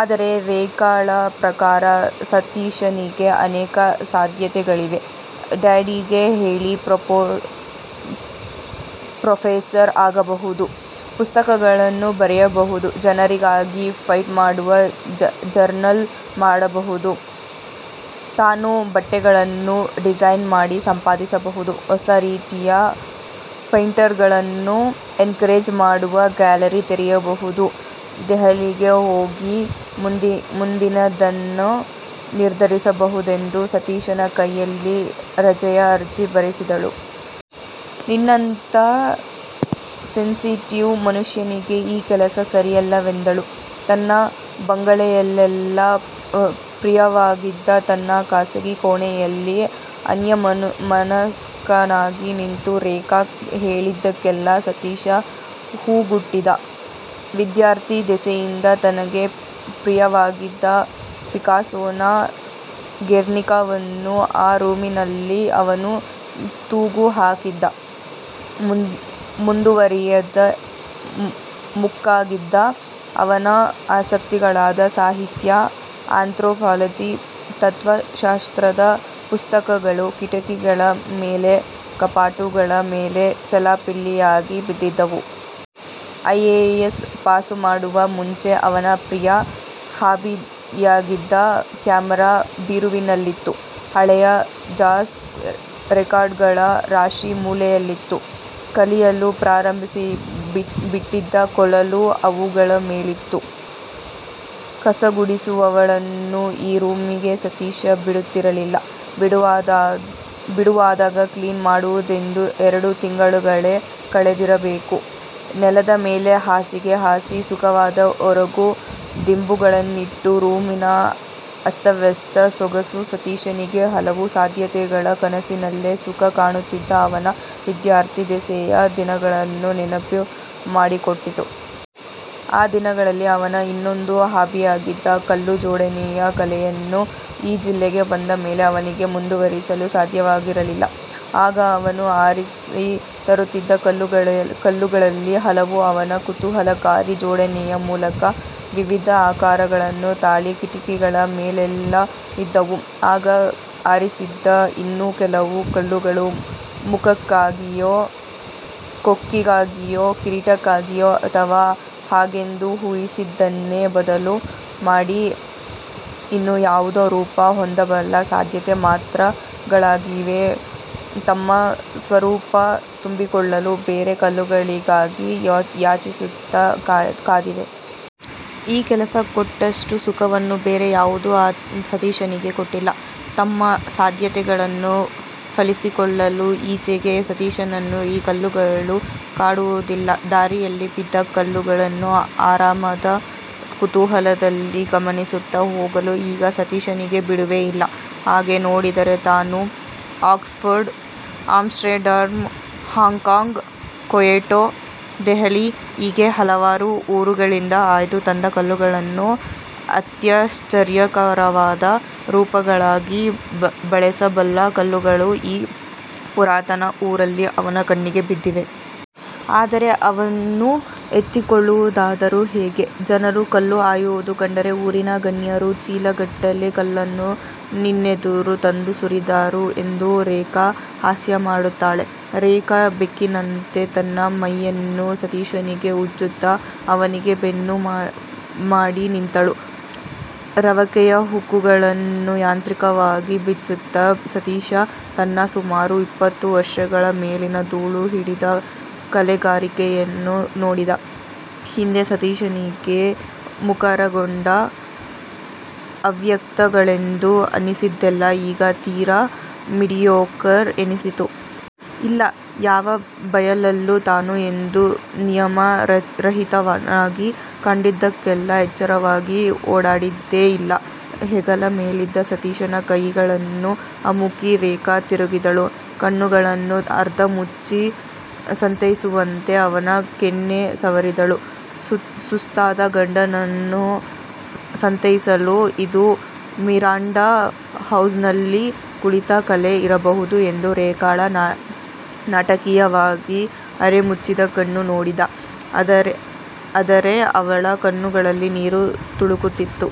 ಆದರೆ ರೇಖಾಳ ಪ್ರಕಾರ ಸತೀಶನಿಗೆ ಅನೇಕ ಸಾಧ್ಯತೆಗಳಿವೆ: ಡ್ಯಾಡಿಗೆ ಹೇಳಿ ಪ್ರೊಫೆಸರ್ ಆಗಬಹುದು. ಪುಸ್ತಕಗಳನ್ನು ಬರೆಯಬಹುದು. ಜನರಿಗಾಗಿ ಫೈಟ್ ಮಾಡುವ ಜರ್ನಲ್ ಮಾಡಬಹುದು. ತಾನು ಬಟ್ಟೆಗಳನ್ನು ಡಿಸೈನ್ ಮಾಡಿ ಸಂಪಾದಿಸಬಹುದು. ಹೊಸ ರೀತಿಯ ಪೈಂಟರ್ಗಳನ್ನು ಎನ್ಕರೇಜ್ ಮಾಡುವ ಗ್ಯಾಲರಿ ತೆರೆಯಬಹುದು. ದೆಹಲಿಗೆ ಹೋಗಿ ಮುಂದಿನದನ್ನು ನಿರ್ಧರಿಸಬಹುದೆಂದು ಸತೀಶನ ಕೈಯಲ್ಲಿ ರಜೆಯ ಅರ್ಜಿ ಬರೆಸಿದಳು. ನಿನ್ನಂಥ ಸೆನ್ಸಿಟಿವ್ ಮನುಷ್ಯನಿಗೆ ಈ ಕೆಲಸ ಸರಿಯಲ್ಲವೆಂದಳು. ತನ್ನ ಬಂಗಲೆಯಲ್ಲೆಲ್ಲ ಪ್ರಿಯವಾಗಿದ್ದ ತನ್ನ ಖಾಸಗಿ ಕೋಣೆಯಲ್ಲಿ ಅನ್ಯಮನಸ್ಕನಾಗಿ ನಿಂತು ರೇಖಾ ಹೇಳಿದ್ದಕ್ಕೆಲ್ಲ ಸತೀಶ ಹೂಗುಟ್ಟಿದ್ದ. ವಿದ್ಯಾರ್ಥಿ ದೆಸೆಯಿಂದ ತನಗೆ ಪ್ರಿಯವಾಗಿದ್ದ ಪಿಕಾಸೋನ ಗೆರ್ನಿಕಾವನ್ನು ಆ ರೂಮಿನಲ್ಲಿ ಅವನು ತೂಗು ಹಾಕಿದ್ದ. ಮುಂದುವರಿಯದೆ ಮುಕ್ಕಾಗಿದ್ದ ಅವನ ಆಸಕ್ತಿಗಳಾದ ಸಾಹಿತ್ಯ, ಆಂಥ್ರೊಪಾಲಜಿ, ತತ್ವ ಶಾಸ್ತ್ರದ ಪುಸ್ತಕಗಳು ಕಿಟಕಿಗಳ ಮೇಲೆ, ಕಪಾಟುಗಳ ಮೇಲೆ ಚೆಲ್ಲಾಪಿಲ್ಲಿಯಾಗಿ ಬಿದ್ದಿದ್ದವು. ಐ. ಎ. ಎಸ್. ಪಾಸುಮಾಡುವ ಮುಂಚೆ ಅವನ ಪ್ರಿಯ ಹಾಬಿಯಾಗಿದ್ದ ಕ್ಯಾಮರಾ ಬೀರುವಿನಲ್ಲಿತ್ತು. ಹಳೆಯ ಜಾಸ್ ರಿಕಾರ್ಡುಗಳ ರಾಶಿ ಮೂಲೆಯಲ್ಲಿತ್ತು. ಕಲಿಯಲು ಪ್ರಾರಂಭಿಸಿ ಬಿಟ್ಟಿದ್ದ ಕೊಳಲು ಅವುಗಳ ಮೇಲಿತ್ತು. ಕಸಗುಡಿಸುವವಳನ್ನೂ ಈ ರೂಂಗೆ ಸತೀಶ ಬಿಡುತ್ತಿರಲಿಲ್ಲ. ಬಿಡುವಾದಾಗ ಕ್ಲೀನ್ ಮಾಡುವುದೆಂದು ಎರಡು ತಿಂಗಳುಗಳೇ ಕಳೆದಿರಬೇಕು. ನೆಲದ ಮೇಲೆ ಹಾಸಿಗೆ ಹಾಸಿ ಸುಖವಾದ ಒರಗು ದಿಂಬುಗಳನ್ನಿಟ್ಟ ರೂಮಿನ ಅಸ್ತವ್ಯಸ್ತ ಸೊಗಸು ಸತೀಶನಗೆ ಹಲವು ಸಾಧ್ಯತೆಗಳ ಕನಸಿನಲ್ಲೆ ಸುಖ ಕಾಣುತ್ತಿದ್ದ ಅವನ ವಿದ್ಯಾರ್ಥಿ ದೆಸೆಯ ದಿನಗಳನ್ನು ನೆನಪು ಮಾಡಿಕೊಟ್ಟಿತು. ಆ ದಿನಗಳಲ್ಲಿ ಅವನ ಇನ್ನೊಂದು ಹಾಬಿಯಾಗಿದ್ದ ಕಲ್ಲು ಜೋಡಣೆಯ ಕಲೆಯನ್ನು ಈ ಜಿಲ್ಲೆಗೆ ಬಂದ ಮೇಲೆ ಅವನಿಗೆ ಮುಂದುವರಿಸಲು ಸಾಧ್ಯವಾಗಿರಲಿಲ್ಲ. ಆಗ ಅವನು ಆರಿಸಿ ತರುತ್ತಿದ್ದ ಕಲ್ಲುಗಳಲ್ಲಿ ಹಲವು ಅವನ ಕುತೂಹಲಕಾರಿ ಜೋಡಣೆಯ ಮೂಲಕ ವಿವಿಧ ಆಕಾರಗಳನ್ನು ತಾಳಿ ಕಿಟಕಿಗಳ ಮೇಲೆಲ್ಲ ಇದ್ದವು. ಆಗ ಆರಿಸಿದ್ದ ಇನ್ನೂ ಕೆಲವು ಕಲ್ಲುಗಳು ಮುಖಕ್ಕಾಗಿಯೋ, ಕೊಕ್ಕಿಗಾಗಿಯೋ, ಕಿರೀಟಕ್ಕಾಗಿಯೋ ಅಥವಾ ಹಾಗೆಂದು ಊಹಿಸಿದ್ದನ್ನೆ ಬದಲು ಮಾಡಿ ಇನ್ನು ಯಾವುದೋ ರೂಪ ಹೊಂದಬಲ್ಲ ಸಾಧ್ಯತೆ ಮಾತ್ರಗಳಾಗಿವೆಯೋ – ತಮ್ಮ ಸ್ವರೂಪ ತುಂಬಿಕೊಳ್ಳಲು ಬೇರೆ ಕಲ್ಲುಗಳಿಗಾಗಿ ಯಾಚಿಸುತ್ತ ಕಾದಿವೆ. ಈ ಕೆಲಸ ಕೊಟ್ಟಷ್ಟು ಸುಖವನ್ನು ಬೇರೆ ಯಾವುದೂ ಸತೀಶನಿಗೆ ಕೊಟ್ಟಿಲ್ಲ. ತಮ್ಮ ಸಾಧ್ಯತೆಗಳನ್ನು ಫಲಿಸಿಕೊಳ್ಳಲು ಈಚೆಗೆ ಸತೀಶನನ್ನು ಈ ಕಲ್ಲುಗಳು ಕಾಡುವುದಿಲ್ಲ. ದಾರಿಯಲ್ಲಿ ಬಿದ್ದ ಕಲ್ಲುಗಳನ್ನು ಆರಾಮದ ಕುತೂಹಲದಲ್ಲಿ ಗಮನಿಸುತ್ತ ಹೋಗಲು ಈಗ ಸತೀಶನಿಗೆ ಬಿಡುವೇ ಇಲ್ಲ. ಹಾಗೆ ನೋಡಿದರೆ ತಾನು Oxford, Amsterdam, Hong Kong, Kyoto, Delhi – ಹೀಗೆ ಹಲವಾರು ಊರುಗಳಿಂದ ಆಯ್ದು ತಂದ ಕಲ್ಲುಗಳನ್ನು ಅತ್ಯಾಶ್ಚರ್ಯಕರವಾದ ರೂಪಗಳಾಗಿ ಬೆಳೆಸಬಲ್ಲ ಕಲ್ಲುಗಳು ಈ ಪುರಾತನ ಊರಲ್ಲಿ ಅವನ ಕಣ್ಣಿಗೆ ಬಿದ್ದಿವೆ. ಆದರೆ ಅವನ್ನು ಎತ್ತಿಕೊಳ್ಳುವುದಾದರೂ ಹೇಗೆ? ಜನರು ಕಲ್ಲು ಆಯುವುದು ಕಂಡರೆ ಊರಿನ ಗಣ್ಯರು ಚೀಲಗಟ್ಟಲೆ ಕಲ್ಲನ್ನು ನಿನ್ನೆದುರು ತಂದು ಸುರಿದಾರು ಎಂದು ರೇಖಾ ಹಾಸ್ಯಮಾಡುತ್ತಾಳೆ. ರೇಖಾ ಬೆಕ್ಕಿನಂತೆ ತನ್ನ ಮೈಯನ್ನು ಸತೀಶನಿಗೆ ಉಜ್ಜುತ್ತ, ಅವನಿಗೆ ಬೆನ್ನು ಮಾಡಿ ನಿಂತಳು. ರವಕೆಯ ಹುಕ್ಕುಗಳನ್ನುಯಾಂತ್ರಿಕವಾಗಿ ಬಿಚ್ಚುತ್ತ ಸತೀಶ ತನ್ನ ಸುಮಾರು ಇಪ್ಪತ್ತು ವರ್ಷಗಳ ಮೇಲಿನ ಧೂಳು ಹಿಡಿದ ಕಲೆಗಾರಿಕೆಯನ್ನು ನೋಡಿದ: ಹಿಂದೆ ಸತೀಶನಿಗೆ ಮುಖರಗೊಂಡ ಅವ್ಯಕ್ತಗಳೆಂದು ಅನ್ನಿಸಿದ್ದೆಲ್ಲ ಈಗ ತೀರಾ ಮೀಡಿಯೋಕರ್ ಎನ್ನಿಸಿತು. ಇಲ್ಲ – ಯಾವ ಬಯಲಲ್ಲೂ ತಾನು ಎಂದೂ ನಿಯಮ ರಹಿತನಾಗಿ ಕಂಡದ್ದಕ್ಕೆಲ್ಲ ಎಚ್ಚರವಾಗಿ ಓಡಾಡಿದ್ದೇ ಇಲ್ಲ. ಹೆಗಲ ಮೇಲಿದ್ದ ಸತೀಶನ ಕೈಯಗಳನ್ನು ಅಮುಕಿ ರೇಖಾ ತಿರುಗಿದಳು. ಕಣ್ಣುಗಳನ್ನು ಅರ್ಧ ಮುಚ್ಚಿ ಸಂತೈಸುವಂತೆ ಅವನ ಕೆನ್ನೆ ಸವರಿದಳು: ಸುಸ್ತಾದ ಗಂಡನನ್ನು ಸಂತೈಸಲು ಇದು ಮಿರಾಂಡಾ ಹೌಸ್ನಲ್ಲಿ ಕಲಿತ ಕಲೆ ಇರಬಹುದು ಎಂದು ರೇಖಾಳ ನಾಟಕೀಯವಾಗಿ ಅರೆಮುಚ್ಚಿದ ಕಣ್ಣು ನೋಡಿದ. ಅದರೆ ಅವಳ ಕಣ್ಣುಗಳಲ್ಲಿ ನೀರು ತುಳುಕುತ್ತಿತ್ತು.